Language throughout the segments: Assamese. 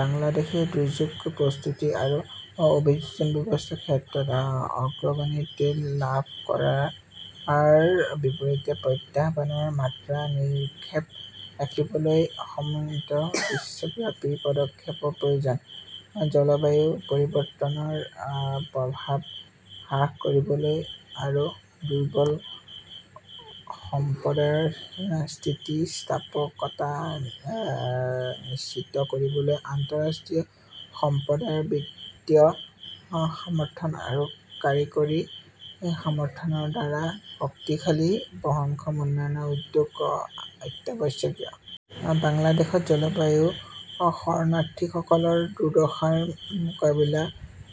বাংলাদেশই দুৰ্যোগ প্ৰস্তুতি আৰু অভিযোজন ব্যৱস্থাৰ ক্ষেত্ৰত অগ্ৰগতি লাভ কৰাৰ বিপৰীতে প্ৰত্যাহ্বানৰ মাত্ৰা নিৰপেক্ষ ৰাখিবলৈ সমন্বিত বিশ্বব্যাপী পদক্ষেপৰ প্ৰয়োজন। জলবায়ু পৰিৱৰ্তনৰ প্ৰভাৱ হ্ৰাস কৰিবলৈ আৰু দুৰ্বল সম্প্ৰদায়ৰ স্থিতিস্থাপকতা নিশ্চিত কৰিবলৈ আন্তঃৰাষ্ট্ৰীয় সম্প্ৰদায়ৰ বিত্তীয় সমৰ্থন আৰু কাৰিকৰী সমৰ্থনৰ দ্বাৰা শক্তিশালী বহনক্ষম উন্নয়ন উদ্যোগ অত্যাৱশ্যকীয়। বাংলাদেশত জলবায়ু শৰণাৰ্থীসকলৰ দুৰ্দশাৰ মোকাবিলা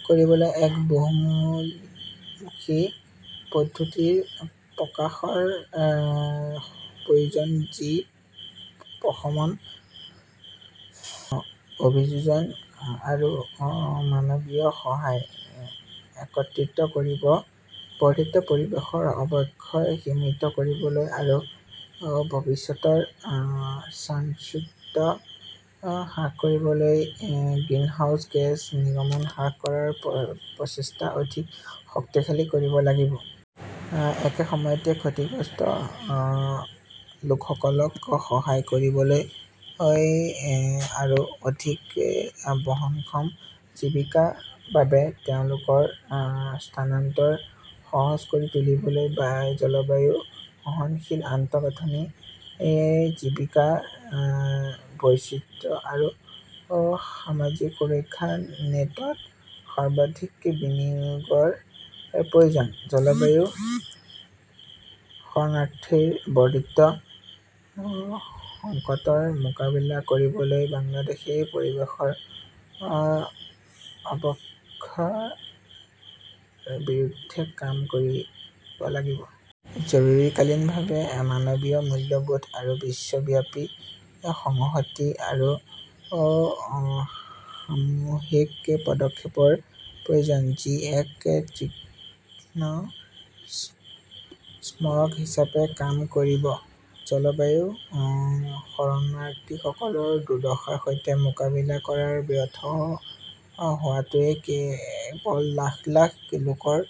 কৰিবলৈ এক বহুমুখী পদ্ধতিৰ প্ৰকাশৰ প্ৰয়োজন যি প্ৰশমন, অভিযোজন আৰু মানৱীয় সহায় একত্ৰিত কৰিব। বৰ্ধিত পৰিৱেশৰ অৱক্ষয় সীমিত কৰিবলৈ আৰু ভৱিষ্যতৰ স্থানচ্যুতি হ্ৰাস কৰিবলৈ গ্ৰিনহাউজ গেছ নিৰ্গমন হ্ৰাস কৰাৰ প্ৰচেষ্টা অধিক শক্তিশালী কৰিব লাগিব। একে সময়তে, ক্ষতিগ্ৰস্ত লোকসকলক সহায় কৰিবলৈ আৰু অধিক বহনক্ষম জীৱিকাৰ বাবে তেওঁলোকৰ স্থানান্তৰ সহজ কৰি তুলিবলৈ জলবায়ু সহনশীল আন্তঃগাঁথনি, জীৱিকাৰ বৈচিত্ৰ্য আৰু সামাজিক সুৰক্ষা নেটত সৰ্বাধিক বিনিয়োগৰ প্ৰয়োজন। জলবায়ু শৰণাৰ্থীৰ বৰ্ধিত সংকটৰ মোকাবিলা কৰিবলৈ বাংলাদেশই পৰিৱেশৰ অৱক্ষয়ৰ বিৰুদ্ধে কাম কৰিব লাগিব। জৰুৰীভাৱে মানৱীয় মূল্যবোধ আৰু বিশ্বব্যাপী সংহতি আৰু সামূহিক পদক্ষেপৰ প্ৰয়োজন যি এক তীক্ষ্ণ স্মাৰক হিচাপে কাম কৰিব। জলবায়ু শৰণাৰ্থীসকলৰ দুৰ্দশাৰ সৈতে মোকাবিলা কৰাত ব্যৰ্থ হোৱাটোৱে কেৱল লাখ লাখ লোকৰ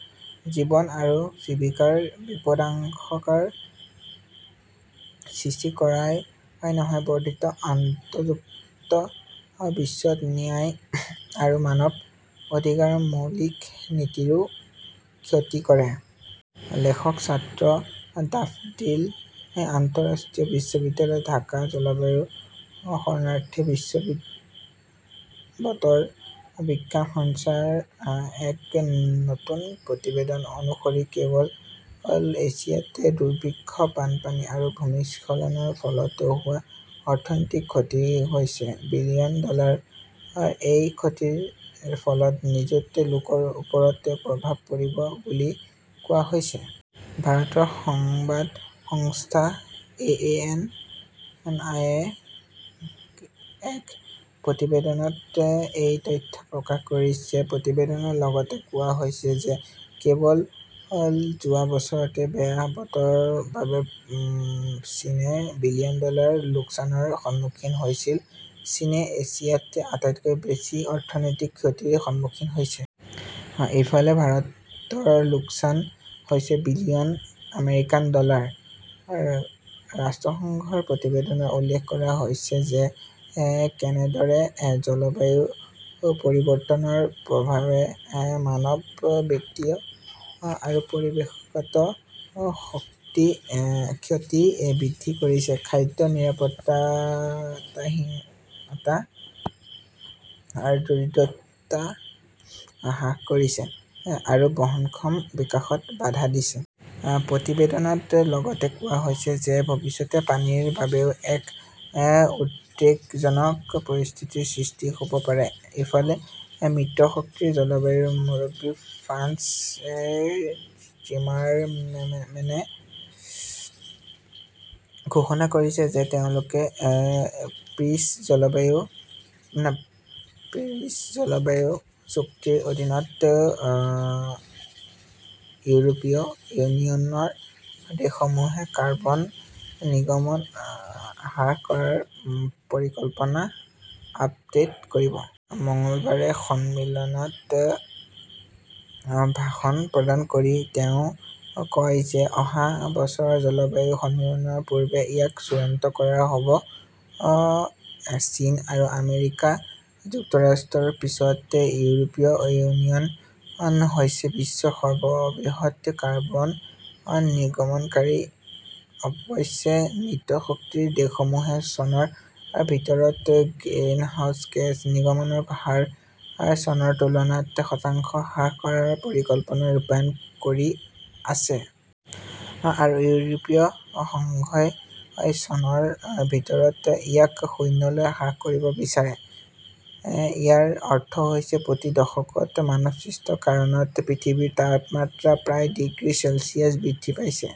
জীৱন আৰু জীৱিকাৰ বিপদাশংকাৰ সৃষ্টি কৰাই নহয়, বৰ্ধিত আন্তঃসংযুক্ত বিশ্বত ন্যায় আৰু মানৱ অধিকাৰৰ মৌলিক নীতিৰো ক্ষতি কৰে। লেখক ছাত্ৰ, ডাফডিল আন্তঃৰাষ্ট্ৰীয় বিশ্ববিদ্যালয়, ঢাকা জলবায়ু শৰণাৰ্থী বিশ্ব বতৰ বিজ্ঞান সংস্থাৰ এক নতুন প্ৰতিবেদন অনুসৰি কেৱল এছিয়াত দুৰ্ভিক্ষ, বানপানী আৰু ভূমিস্খলনৰ ফলত হোৱা অৰ্থনৈতিক ক্ষতি হৈছে বিলিয়ন ডলাৰ। এই ক্ষতিৰ ফলত নিযুত লোকৰ ওপৰত প্ৰভাৱ পৰিব বুলি কোৱা হৈছে। ভাৰতৰ সংবাদ সংস্থা এএনআইয়ে এক প্ৰতিবেদনত এই তথ্য প্ৰকাশ কৰিছে। প্ৰতিবেদনত লগতে কোৱা হৈছে যে কেৱল যোৱা বছৰতে বেয়া বতৰৰ বাবে চীনে বিলিয়ন ডলাৰৰ লোকচানৰ সন্মুখীন হৈছিল। চীনে এছিয়াত আটাইতকৈ বেছি অৰ্থনৈতিক ক্ষতিৰ সন্মুখীন হৈছে। ইফালে, ভাৰতৰ লোকচান হৈছে বিলিয়ন আমেৰিকান ডলাৰ। ৰাষ্ট্ৰসংঘৰ প্ৰতিবেদনত উল্লেখ কৰা হৈছে যে কেনেদৰে জলবায়ু পৰিৱৰ্তনৰ প্ৰভাৱে মানৱ, বিত্তীয় আৰু পৰিৱেশগত ক্ষতি বৃদ্ধি কৰিছে, খাদ্য নিৰাপত্তাহীনতা আৰু দৰিদ্ৰতা হ্ৰাস কৰিছে আৰু বহনক্ষম বিকাশত বাধা দিছে। প্ৰতিবেদনত লগতে কোৱা হৈছে যে ভৱিষ্যতে পানীৰ বাবেও এক উদ্বেগজনক পৰিস্থিতিৰ সৃষ্টি হʼব পাৰে। ইফালে, মিত্ৰশক্তিৰ জলবায়ুৰ মুৰব্বী ফ্ৰান্স টিমাৰমেনে ঘোষণা কৰিছে যে তেওঁলোকে পেৰিছ জলবায়ু চুক্তিৰ অধীনত ইউৰোপীয় ইউনিয়নৰ দেশসমূহে কাৰ্বন নিৰ্গমন হ্ৰাস কৰাৰ পৰিকল্পনা আপডেট কৰিব। মঙলবাৰে সন্মিলনত ভাষণ প্ৰদান কৰি তেওঁ কয় যে অহা বছৰৰ জলবায়ু সন্মিলনৰ পূৰ্বে ইয়াক চূড়ান্ত কৰা হʼব। চীন আৰু আমেৰিকা যুক্তৰাষ্ট্ৰৰ পিছত ইউৰোপীয় ইউনিয়ন হৈছে বিশ্বৰ সৰ্ববৃহৎ কাৰ্বন নিৰ্গমনকাৰী। অৱশ্যে, মিত্ৰশক্তিৰ দেশসমূহে চনৰ ভিতৰত গ্ৰিনহাউজ গেছ নিৰ্গমনৰ হাৰ চনৰ তুলনাত শতাংশ হ্ৰাস কৰাৰ পৰিকল্পনা ৰূপায়ণ কৰি আছে। আৰু ইউৰোপীয় সংঘই চনৰ ভিতৰত ইয়াক শূন্যলৈ হ্ৰাস কৰিব বিচাৰে।। ইয়াৰ অৰ্থ হৈছে প্ৰতি দশকত মানৱসৃষ্ট কাৰণত পৃথিৱীৰ তাপমাত্ৰা প্ৰায় ডিগ্ৰী চেলছিয়াছ বৃদ্ধি পাইছে।